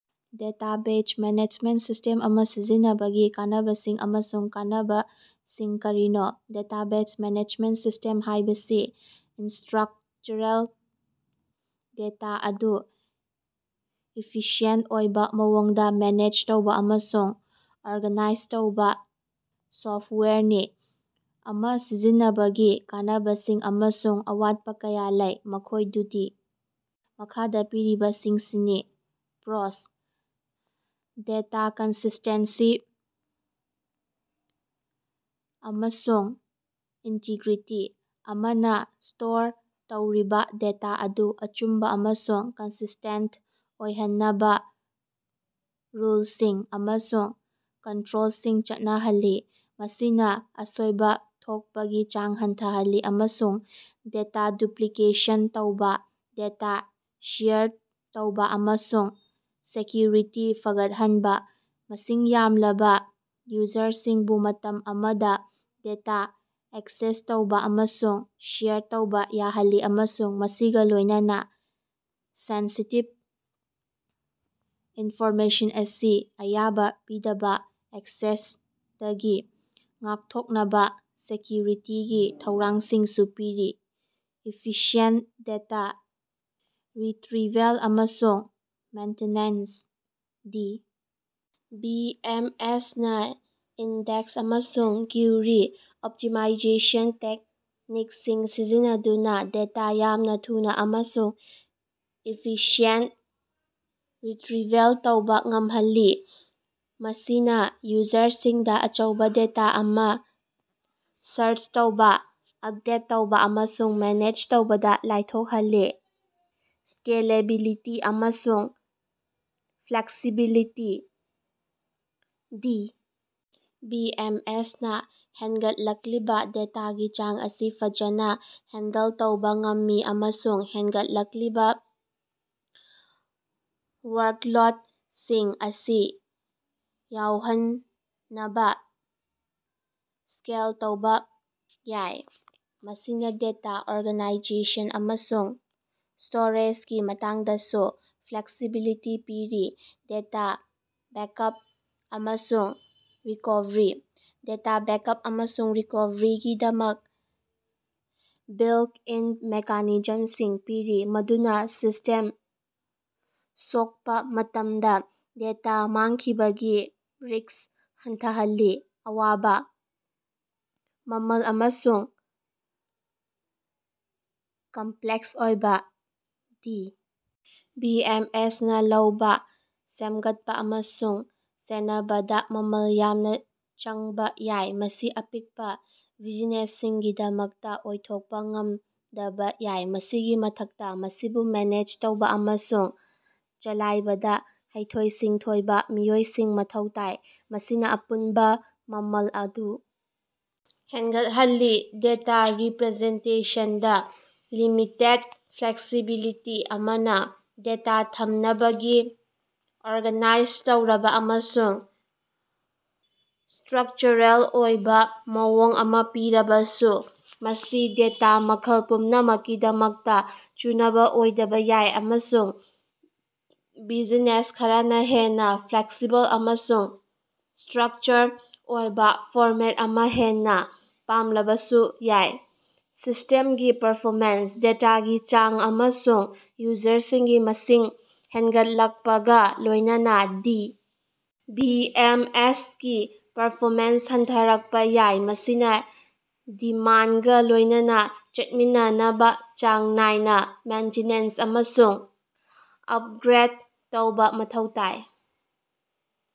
Database management system ꯑꯃꯥ ꯁꯤꯖꯤꯟꯅꯕꯒꯤ ꯀꯥꯟꯅꯕꯁꯤꯡ ꯑꯃꯁꯨꯡ ꯀꯥꯟꯅꯕꯁꯤꯡ ꯀꯔꯤꯅꯣ? ꯗꯦꯇꯥꯕꯦꯖ ꯃꯦꯅꯦꯖꯃꯦꯟꯇ ꯁꯤꯁ꯭ꯇꯦꯝ ꯍꯥꯏꯕꯁꯤ ꯏꯁ꯭ꯇꯔꯛꯆꯔꯦꯜ ꯗꯦꯇꯥ ꯑꯗꯨ ꯏꯐꯤꯁꯤꯑꯦꯟꯇ ꯑꯣꯏꯕꯥ ꯃꯑꯣꯡꯗꯥ ꯃꯦꯅꯦꯖ ꯇꯧꯕꯥ ꯑꯃꯁꯨꯡ ꯑꯣꯔꯒꯥꯅꯥꯏꯖ ꯇꯧꯕꯥ ꯁꯣꯐꯇꯋꯥꯌꯔꯅꯤ꯫ ꯑꯃꯥ ꯁꯤꯖꯤꯟꯅꯕꯒꯤ ꯀꯥꯟꯅꯕꯁꯤꯡ ꯑꯃꯁꯨꯡ ꯑꯋꯥꯠꯄꯥ ꯀꯌꯥ ꯂꯩ, ꯃꯈꯣꯏꯗꯨꯗꯤ ꯃꯈꯥꯗꯥ ꯄꯤꯔꯤꯕꯁꯤꯡꯁꯤꯅꯤ: ꯄ꯭ꯔꯣꯁ: ꯗꯦꯇꯥ ꯀꯟꯁꯤꯁ꯭ꯇꯦꯟꯁꯤ ꯑꯃꯁꯨꯡ ꯏꯟꯇꯤꯒ꯭ꯔꯤꯇꯤ: ꯑꯃꯅꯥ ꯁ꯭ꯇꯣꯔ ꯇꯧꯔꯤꯕꯥ ꯗꯦꯇꯥ ꯑꯗꯨ ꯑꯆꯨꯝꯕꯥ ꯑꯃꯁꯨꯡ ꯀꯟꯁꯤꯁ꯭ꯇꯦꯟꯇ ꯑꯣꯏꯍꯟꯅꯕꯥ ꯔꯨꯜꯁꯤꯡ ꯑꯃꯁꯨꯡ ꯀꯟꯇꯔꯣꯜꯁꯤꯡ ꯆꯠꯅꯍꯜꯂꯤ, ꯃꯁꯤꯅꯥ ꯑꯁꯣꯏꯕꯥ ꯊꯣꯛꯄꯒꯤ ꯆꯥꯡ ꯍꯟꯊꯍꯜꯂꯤ꯫ ꯑꯃꯁꯨꯡ ꯗꯦꯇꯥ ꯗꯨꯞꯂꯤꯀꯦꯁꯟ ꯇꯧꯕꯥ꯫ ꯗꯦꯇꯥ ꯁꯦꯌꯔ ꯇꯧꯕꯥ ꯑꯃꯁꯨꯡ ꯁꯦꯛꯀ꯭ꯌꯨꯔꯤꯇꯤ ꯐꯒꯠꯍꯟꯕꯥ: ꯃꯁꯤꯡ ꯌꯥꯝꯂꯕꯥ ꯌꯨꯖꯔꯁꯤꯡꯕꯨ ꯃꯇꯝ ꯑꯃꯗꯥ ꯗꯦꯇꯥ ꯑꯦꯛꯁꯦꯁ ꯇꯧꯕꯥ ꯑꯃꯁꯨꯡ ꯁꯦꯌꯔ ꯇꯧꯕꯥ ꯌꯥꯍꯜꯂꯤ ꯑꯃꯁꯨꯡ ꯃꯁꯤꯒꯥ ꯂꯣꯏꯅꯅꯥ ꯁꯦꯟꯁꯤꯇꯤꯕ ꯏꯟꯐꯣꯔꯃꯦꯁꯟ ꯑꯁꯤ ꯑꯌꯥꯕꯥ ꯄꯤꯗꯕꯥ ꯑꯦꯛꯁꯦꯁꯇꯒꯤ ꯉꯥꯛꯊꯣꯛꯅꯕꯥ ꯁꯦꯛꯀ꯭ꯌꯨꯔꯤꯇꯤꯒꯤ ꯊꯧꯔꯥꯡꯁꯤꯡꯁꯨ ꯄꯤꯔꯤ꯫ ꯏꯐꯤꯁꯤꯌꯦꯟꯇ ꯗꯦꯇꯥ ꯔꯤꯇꯔꯤꯚꯦꯜ ꯑꯃꯁꯨꯡ maintenance: D. B. M. S. ꯅꯥ ꯏꯟꯗꯦꯛꯁ ꯑꯃꯁꯨꯡ ꯀ꯭ꯌꯨꯔꯤ ꯑꯣꯞꯇꯤꯃꯥꯏꯖꯦꯁꯟ ꯇꯦꯛꯅꯤꯛꯁꯤꯡ ꯁꯤꯖꯤꯟꯅꯗꯨꯅꯥ ꯗꯦꯇꯥ ꯌꯥꯝꯅꯥ ꯊꯨꯅꯥ ꯑꯃꯁꯨꯡ ꯏꯐꯤꯁꯤꯌꯦꯟꯇ ꯔꯤꯇꯔꯤꯚꯦꯜ ꯇꯧꯕꯥ ꯉꯝꯍꯜꯂꯤ꯫ ꯃꯁꯤꯅꯥ ꯌꯨꯖꯔꯁꯤꯡꯗꯥ ꯑꯆꯧꯕꯥ ꯗꯦꯇꯥ ꯑꯃꯥ ꯁꯥꯔꯆ ꯇꯧꯕꯥ, ꯑꯄꯗꯦꯠ ꯇꯧꯕꯥ ꯑꯃꯁꯨꯡ ꯃꯦꯅꯦꯖ ꯇꯧꯕꯗꯥ ꯂꯥꯏꯊꯣꯛꯍꯜꯂꯤ꯫ ꯁ꯭ꯀꯦꯂꯦꯕꯤꯂꯤꯇꯤ ꯑꯃꯁꯨꯡ flexibility: D. B. M. S. ꯅꯥ ꯍꯦꯟꯒꯠꯂꯛꯂꯤꯕꯥ ꯗꯦꯇꯥꯒꯤ ꯆꯥꯡ ꯑꯁꯤ ꯐꯖꯅꯥ ꯍꯦꯟꯗꯜ ꯇꯧꯕꯥ ꯉꯝꯃꯤ ꯑꯃꯁꯨꯡ ꯍꯦꯟꯒꯠꯂꯛꯂꯤꯕꯥ ꯋꯥꯔꯛꯂꯣꯠꯁꯤꯡ ꯑꯁꯤ ꯌꯥꯎꯍꯟꯅꯕꯥ ꯁ꯭ꯀꯦꯜ ꯇꯧꯕꯥ ꯌꯥꯏ꯫ ꯃꯁꯤꯅꯥ ꯗꯦꯇꯥ ꯑꯣꯔꯒꯅꯥꯏꯖꯦꯁꯟ ꯑꯃꯁꯨꯡ ꯁ꯭ꯇꯣꯔꯦꯖꯒꯤ ꯃꯇꯥꯡꯗꯁꯨ ꯐ꯭ꯂꯦꯛꯁꯤꯕꯤꯂꯤꯇꯤ ꯄꯤꯔꯤ꯫ ꯗꯦꯇꯥ ꯕꯦꯛꯑꯞ ꯑꯃꯁꯨꯡ ꯔꯤꯀꯣꯚꯔꯤ: ꯗꯦꯇꯥ ꯕꯦꯛꯑꯞ ꯑꯃꯁꯨꯡ ꯔꯤꯀꯣꯚꯔꯤꯒꯤꯗꯃꯛ ꯕꯤꯜꯇ-ꯏꯟ ꯃꯦꯀꯥꯅꯤꯖꯝꯁꯤꯡ ꯄꯤꯔꯤ, ꯃꯗꯨꯅꯥ ꯁꯤꯁ꯭ꯇꯦꯝ ꯁꯣꯛꯄꯥ ꯃꯇꯝꯗꯥ ꯗꯦꯇꯥ ꯃꯥꯡꯈꯤꯕꯒꯤ ꯔꯤꯁ꯭ꯛ ꯍꯟꯊꯍꯜꯂꯤ꯫ ꯑꯋꯥꯕꯥ: ꯃꯃꯜ ꯑꯃꯁꯨꯡ ꯀꯝꯄꯂꯦꯛꯁ ꯑꯣꯏꯕꯥ: ꯗꯤ. ꯕꯤ. ꯑꯦꯝ. ꯑꯦꯁ. ꯅꯥ ꯂꯧꯕꯥ, ꯁꯦꯃꯒꯠꯄꯥ ꯑꯃꯁꯨꯡ ꯁꯦꯟꯅꯕꯗꯥ ꯃꯃꯜ ꯌꯥꯝꯅꯥ ꯆꯪꯕꯥ ꯌꯥꯏ, ꯃꯁꯤ ꯑꯄꯤꯛꯄꯥ ꯕꯤꯖꯤꯅꯦꯁꯁꯤꯡꯒꯤꯗꯃꯛꯇꯥ ꯑꯣꯏꯊꯣꯛꯄꯥ ꯉꯝꯗꯕꯥ ꯌꯥꯏ꯫ ꯃꯁꯤꯒꯤ ꯃꯊꯛꯇꯥ, ꯃꯁꯤꯕꯨ ꯃꯦꯅꯦꯖ ꯇꯧꯕꯥ ꯑꯃꯁꯨꯡ ꯆꯂꯥꯏꯕꯗꯥ ꯍꯩꯊꯣꯏ-ꯁꯤꯡꯊꯣꯏꯕꯥ ꯃꯤꯑꯣꯏꯁꯤꯡ ꯃꯊꯧ ꯇꯥꯏ, ꯃꯁꯤꯅꯥ ꯑꯄꯨꯟꯕꯥ ꯃꯃꯜ ꯑꯗꯨ ꯍꯦꯟꯒꯠꯍꯜꯂꯤ꯫ ꯗꯦꯇꯥ ꯔꯤꯞꯔꯖꯦꯟꯇꯦꯁꯟꯗꯥ ꯂꯤꯃꯤꯇꯦꯗ ꯐ꯭ꯂꯦꯛꯁꯤꯕꯤꯂꯤꯇꯤ: ꯑꯃꯅꯥ ꯗꯦꯇꯥ ꯊꯝꯅꯕꯒꯤ ꯑꯣꯔꯒꯥꯅꯥꯏꯖ ꯇꯧꯔꯕꯥ ꯑꯃꯁꯨꯡ ꯏꯁ꯭ꯇꯔꯛꯆꯔꯦꯜ ꯑꯣꯏꯕꯥ ꯃꯑꯣꯡ ꯑꯃꯥ ꯄꯤꯔꯕꯁꯨ, ꯃꯁꯤ ꯗꯦꯇꯥ ꯃꯈꯜ ꯄꯨꯝꯅꯃꯛꯀꯤꯗꯃꯛꯇꯥ ꯆꯨꯅꯕꯥ ꯑꯣꯏꯗꯕꯥ ꯌꯥꯏ, ꯑꯃꯁꯨꯡ ꯕꯤꯖꯤꯅꯦꯁ ꯈꯔꯅꯥ ꯍꯦꯟꯅꯥ ꯐ꯭ꯂꯦꯛꯁꯤꯕꯜ ꯑꯃꯁꯨꯡ ꯏꯁ꯭ꯇꯔꯛꯆꯔ ꯑꯣꯏꯕꯥ ꯐꯣꯔꯃꯦꯠ ꯑꯃꯥ ꯍꯦꯟꯅꯥ ꯄꯥꯝꯂꯕꯁꯨ ꯌꯥꯏ꯫ ꯁꯤꯁ꯭ꯇꯦꯝꯒꯤ ꯄꯔꯐꯣꯃꯦꯟꯁ: ꯗꯦꯇꯥꯒꯤ ꯆꯥꯡ ꯑꯃꯁꯨꯡ ꯌꯨꯖꯔꯁꯤꯡꯒꯤ ꯃꯁꯤꯡ ꯍꯦꯟꯒꯠꯂꯛꯄꯒꯥ ꯂꯣꯏꯅꯅꯥ ꯗꯤ. B M. ꯑꯦꯁ. ꯀꯤ ꯄꯔꯐꯣꯃꯦꯟꯁ ꯍꯟꯊꯔꯛꯄꯥ ꯌꯥꯏ, ꯃꯁꯤꯅꯥ ꯗꯤꯃꯥꯟꯗꯒꯥ ꯂꯣꯏꯅꯅꯥ ꯆꯠꯃꯤꯟꯅꯕꯥ ꯆꯥꯡ ꯅꯥꯏꯅꯥ ꯃꯦꯟꯇꯤꯅꯦꯟꯁ ꯑꯃꯁꯨꯡ ꯑꯄꯒ꯭ꯔꯦꯗ ꯇꯧꯕꯥ ꯃꯊꯧ ꯇꯥꯏ꯫